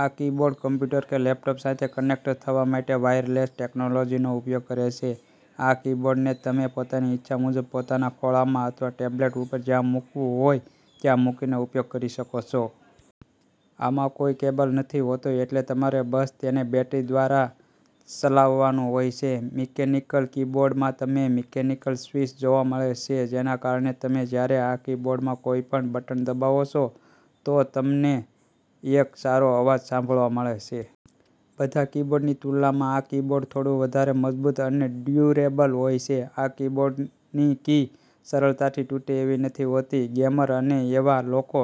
આ keyboard computer કે laptop સાથે કનેક્ટ થવા માટે વાયરલેસ ટેક્નોલોજીનો ઉપયોગ કરે છે. આ કીબોર્ડને તમે પોતાની ઈચ્છા મુજબ પોતાના ખોળામાં અથવા ટેબલ ઉપર જ્યાં મૂકવું હોય ત્યાં મૂકીને ઉપયોગ કરી શકો છો. આમાં કોઈ કેબલ નથી હોતો એટલે તમારે બસ તેને બેટરી દ્વારા ચલાવવાનું હોય છે. મિકેનિકલ કીબોર્ડમાં તમને મિકેનિકલ સ્વિચ જોવા મળે છે જેના કારણે તમે જ્યારે આ કીબોર્ડમાં કોઈ પણ બટન દબાવો છો તો તમને એક સારો અવાજ સાંભળવા મળે છે. બીજા કીબોર્ડની તુલનામાં આ કીબોર્ડ થોડું વધારે મજબૂત અને ડ્યુરેબલ હોય છે. આ કીબોર્ડની કી સરળતાથી તૂટે એવી નથી હોતી. ગેમર અને એવા લોકો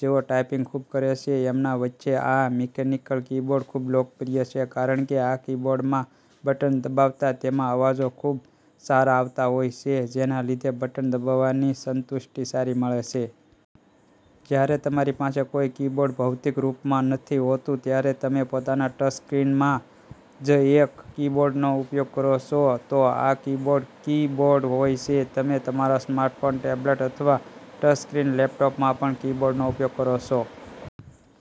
જેઓ ટાઈપિંગ ખૂબ કરે છે એમના વચ્ચે આ મિકેનિકલ કીબોર્ડ ખૂબ લોકપ્રિય છે કારણ કે આ કીબોર્ડમાં બટન દબાવતા તેમાં અવાજો ખૂબ સારા આવતા હોય છે જેના લીધે બટન દબાવવાની સંતુષ્ટિ સારી મળે છે. જ્યારે તમારી પાસે કોઈ કીબોર્ડ ભૌતિક રૂપમાં નથી હોતું ત્યારે તમે પોતાના ટચ સ્ક્રીનમાં જ એક કીબોર્ડનો ઉપયોગ કરો છો તો આ કીબોર્ડ કીબોર્ડ હોય છે. તમે તમારા સ્માર્ટફોન, ટેબલેટ અથવા ટચ સ્ક્રીન લેપટોપમાં પણ કીબોર્ડનો ઉપયોગ કરો છો.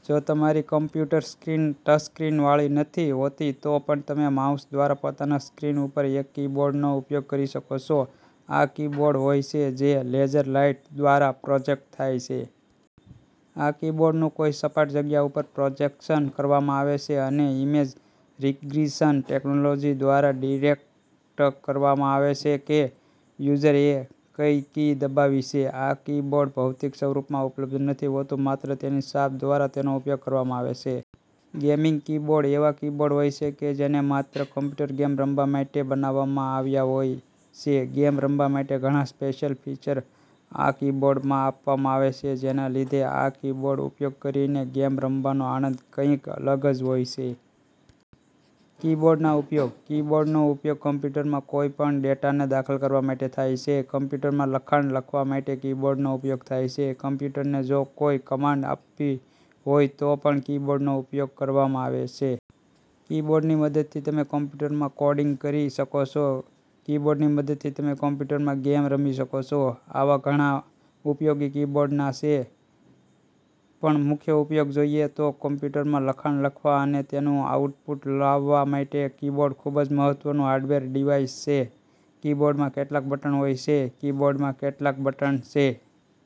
જો તમારી કમ્પ્યુટર સ્ક્રીન ટચ સ્ક્રીન વાળી નથી હોતી તો પણ તમે માઉસ દ્વારા પોતાના સ્ક્રીન ઉપર એક કીબોર્ડનો ઉપયોગ કરી શકો છો. આ એવા કીબોર્ડ હોય છે જે લેઝર લાઇટ દ્વારા પ્રોજેકટ થાય છે. આ કીબોર્ડનું કોઈ સપાટ જગ્યા ઉપર પ્રોજેક્શન કરવામાં આવે છે અને ઇમેજ રિકગ્નિશન ટેક્નોલોજી દ્વારા ડિટેક્ટ કરવામાં આવે છે કે યુઝરએ કઈ કી દબાવી છે. આ કીબોર્ડ ભૌતિક સ્વરૂપમાં ઉપલબ્ધ નથી હોતું માત્ર તેની છાપ દ્વારા તેનો ઉપયોગ કરવામાં આવે છે. ગેમિંગ કીબોર્ડ એવા કીબોર્ડ હોય છે જેને માત્ર કમ્પ્યુટર ગેમ રમવા માટે બનાવવામાં આવ્યા હોય છે. ગેમ રમવા માટે ઘણા સ્પેશિયલ ફીચર આ કીબોર્ડમાં આપવામાં આવે છે જેના લીધે આ કીબોર્ડનો ઉપયોગ કરીને ગેમ રમવાનો આનંદ કઈક અલગ જ હોય છે. કીબોર્ડના ઉપયોગ. કીબોર્ડનો ઉપયોગ કમ્પ્યુટરમાં કોઈ પણ ડેટાને દાખલ કરવા માટે થાય છે. કમ્પ્યુટરમાં લખાણ લખવા માટે કીબોર્ડનો ઉપયોગ થાય છે. કમ્પ્યુટરને જો કોઈ કમાન્ડ આપવી હોય તો પણ કીબોર્ડનો ઉપયોગ કરવામાં આવે છે. કીબોર્ડની મદદથી તમે કમ્પ્યુટરમાં કોડિંગ કરી શકો છો. કીબોર્ડની મદદથી તમે કમ્પ્યુટરમાં ગેમ રમી શકો છો. આવા ઘણા ઉપયોગ કીબોર્ડના છે પણ મુખ્ય ઉપયોગ જોઈએ તો કમ્પ્યુટરમાં લખાણ લખવા અને તેનું આઉટપુટ લાવવા માટે કીબોર્ડ ખૂબ જ મહત્વનું હાર્ડવેર ડિવાઇસ છે. કીબોર્ડમાં કેટલા બટન હોય છે? કીબોર્ડમાં કેટલા બટન છે?